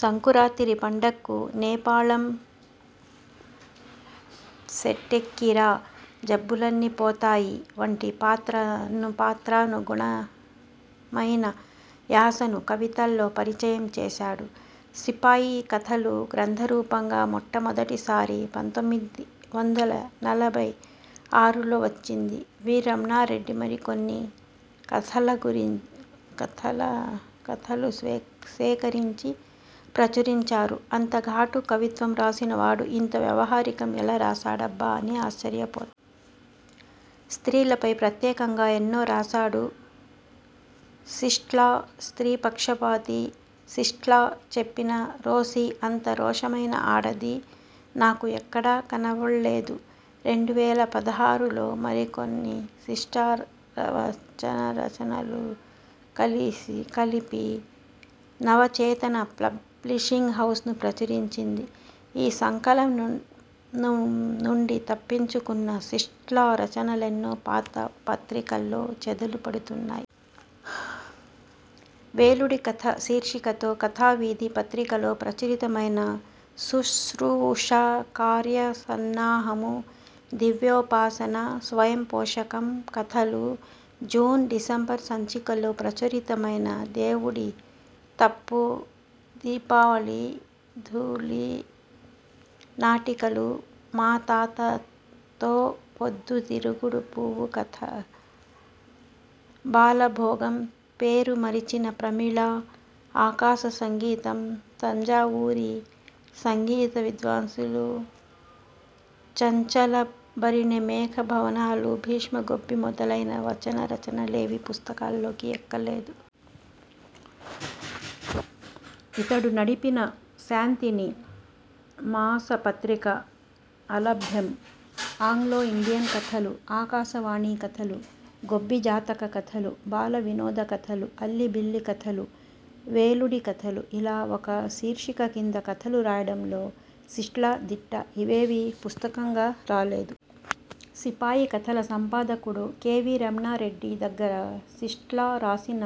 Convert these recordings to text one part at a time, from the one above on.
సంకురాతిరి పండక్కు నేపాళం సెట్టెక్కిరా! జబ్బులన్నీ పోతాయి! వంటి పాత్ర పాత్రాను గుణమైన యాసను కవితల్లో పరిచయం చేశాడు. సిపాయి కథలు గ్రంథ రూపంగా మొట్టమొదటి సారి పంతొమ్మిది వందల నలభై ఆరులో వచ్చింది. వి. రమణా రెడ్డి మరికొన్ని కథల కథ కథలు సేకరించి ప్రచురించారు. అంత ఘాటు కవిత్వం రాసిన వాడు ఇంత వ్యావహారికం ఎలా రాశాడబ్బా అని ఆశ్చర్య పోతాం. స్త్రీల పై ప్రత్యేకంగా ఎన్నో రాశాడు. శిష్ట్లా స్త్రీ పక్షపాతి. శిష్ట్లా చెప్పిన రోసి అంత రోషమైన ఆడది నాకు ఎక్కడా కనపళ్ళేదు. రెండు వేల పదహారులో మరికొన్ని శిష్ట్లా వచన రచనలు కలిపి నవ చేతన పబ్లిషింగ్ హౌస్ ప్రచురించింది. ఈ సంకలనం నుండి తప్పించు కున్న శిష్ట్లా రచన లెన్నో పాత పత్రికల్లో చెదలు పడుతున్నాయ్. వేలుడికథ శీర్షికతో కథా వీథి పత్రిక లో ప్రచురితమైన శుశ్రూష, కార్యసన్నాహము, దివ్యోపాసన, స్వయం పోషకం కథలు జూన్, డిశంబర్ సంచికలో ప్రచురితమైన దేవుడి తప్పు, దీపావళి ధూళి నాటికలు మాతాతతో, పొద్దు తిరుగుడు పువ్వు కథ, బాల భోగం, పేరు మరిచిన ప్రమీళ, ఆకాశసంగీతం, తంజావూరి సంగీత విద్వాంసులు, చంచల బరిణె, మేఖ భవనాలు, భీష్మగొబ్బి మొదలైన వచన రచనలేవీ పుస్తకాల్లోకి ఎక్కలేదు. ఇతడు నడిపిన 'శాంతిని' మాస పత్రిక అలభ్యం. ఆంగ్లో ఇండియన్ కథలు, ఆకాశ వాణి కథలు, గొబ్బి జాతక కథలు, బాల వినోద కథలు, అల్లిబిల్లి కథలు, వేలుడి కథలు ఇలా ఒక శీర్షిక కింద కథలు రాయడంలో శిష్ట్లా దిట్ట. ఇవేవీ పుస్తకంగా రాలేదు. సిపాయి కథల సంపాదకుడు కె. వి. రమణారెడ్డి దగ్గర శిష్ ట్లా రాసిన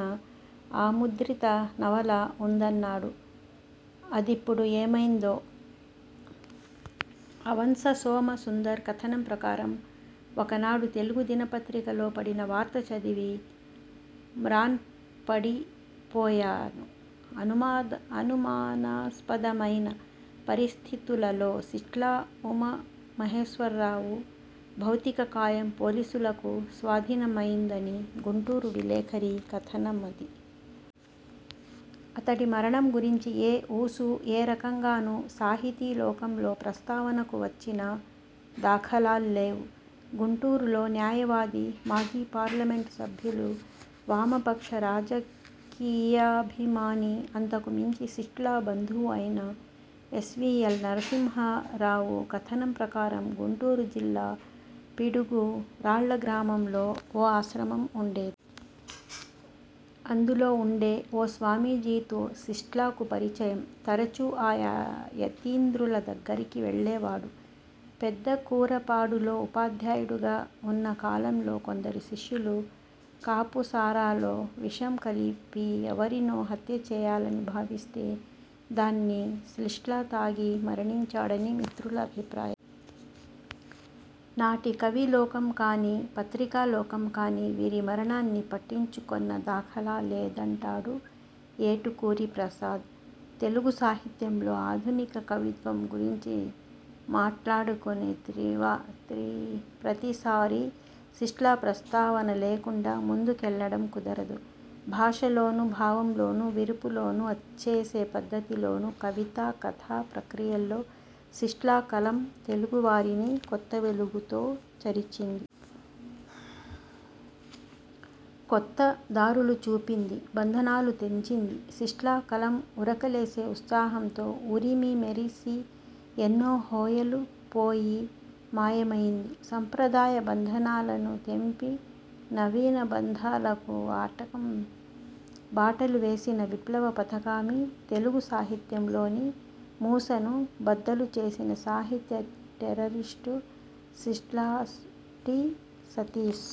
అముద్రిత నవల ఉందన్నాడు. అదిప్పుడు ఏమైందో. ఆవంత్స సోమ సుందర్ కథనం ప్రకారం ఒకనాడు తెలుగు దిన పత్రికలో పడిన వార్త చదివి మ్రాన్పడి పోయాను. అనుమానాస్పదమైన పరిస్థితులలో శిష్ట్లా ఉమామహేశ్వర రావు భౌతిక కాయం పోలీసులకు స్వాధీన మైందని గుంటూరు విలేఖరి కథనమది. అతడి మరణం గురించి ఏ ఊసూ, ఏరకంగానూ సాహితీ లోకంలో ప్రస్తావనకు వచ్చిన దాఖలాల్లేవ్. గుంటూరులో న్యాయ వాది, మాజీ పార్లమెంట్ సభ్యులు, వామపక్ష రాజకీ యాభిమాని, అంతకు మించి శిష్ట్లా బంధువు అయిన ఎస్వీఎల్ నరసింహా రావు కథనం ప్రకారం, గుంటూరు జిల్లా పిడుగు రాళ్ళ గ్రామంలో ఓ ఆశ్రమం ఉండేది. అందులో వుండే ఓ స్వామీజీతో శిష్ట్లాకు పరిచయం. తరచూ ఆ యతీంద్రుల దగ్గరికి వెళ్ళేవాడు. పెద్ద కూరపాడు లో ఉపాధ్యాయుడిగా ఉన్న కాలంలో కొందరు శిష్యులు కాపు సారాలో విషం కలిపి ఎవరినో హత్య చెయ్యాలని భావిస్తే దాన్ని శిష్ట్లా తాగి మరణించాడని మిత్రుల అభిప్రాయం. నాటి కవి లోకం కానీ, పత్రికా లోకం కానీ వీరి మరణాన్ని పట్టించుకొన్న దాఖలా లేదం టాడు ఏటుకూరి ప్రసాద్. తెలుగు సాహిత్యంలో ఆధునిక కవిత్వం గురించి మాట్లాడుకునే ప్రతిసారీ శిష్ట్లా ప్రస్తావన లేకండా ముందు కెళ్లడం కుదరదు. భాషలోనూ, భావం లోనూ, విరుపు లోనూ, అచ్చేసే పద్ధతి లోనూ కవిత, కథ ప్రక్రియల్లో శిష్ట్లా కలం తెలుగు వారిని కొత్త వెలుగుతో చరిచింది. కొత్త దారులు చూపింది. బంధనాలు తెంచింది. శిష్ట్లా కలం ఉరక లేసే ఉత్సాహంతో ఉరిమి, మెరిసి, ఎన్నో హొయలు పోయి, మాయమైంది. సంప్రదాయ బంధనాలను తెంపి నవీన పంథాకు బాటలు వేసిన విప్లవ పథగామి, తెలుగు సాహిత్యంలోని మూసను బద్దలు చేసిన సాహిత్య టెర్రరిస్టు శిష్ట్లా. టి. సతీశ్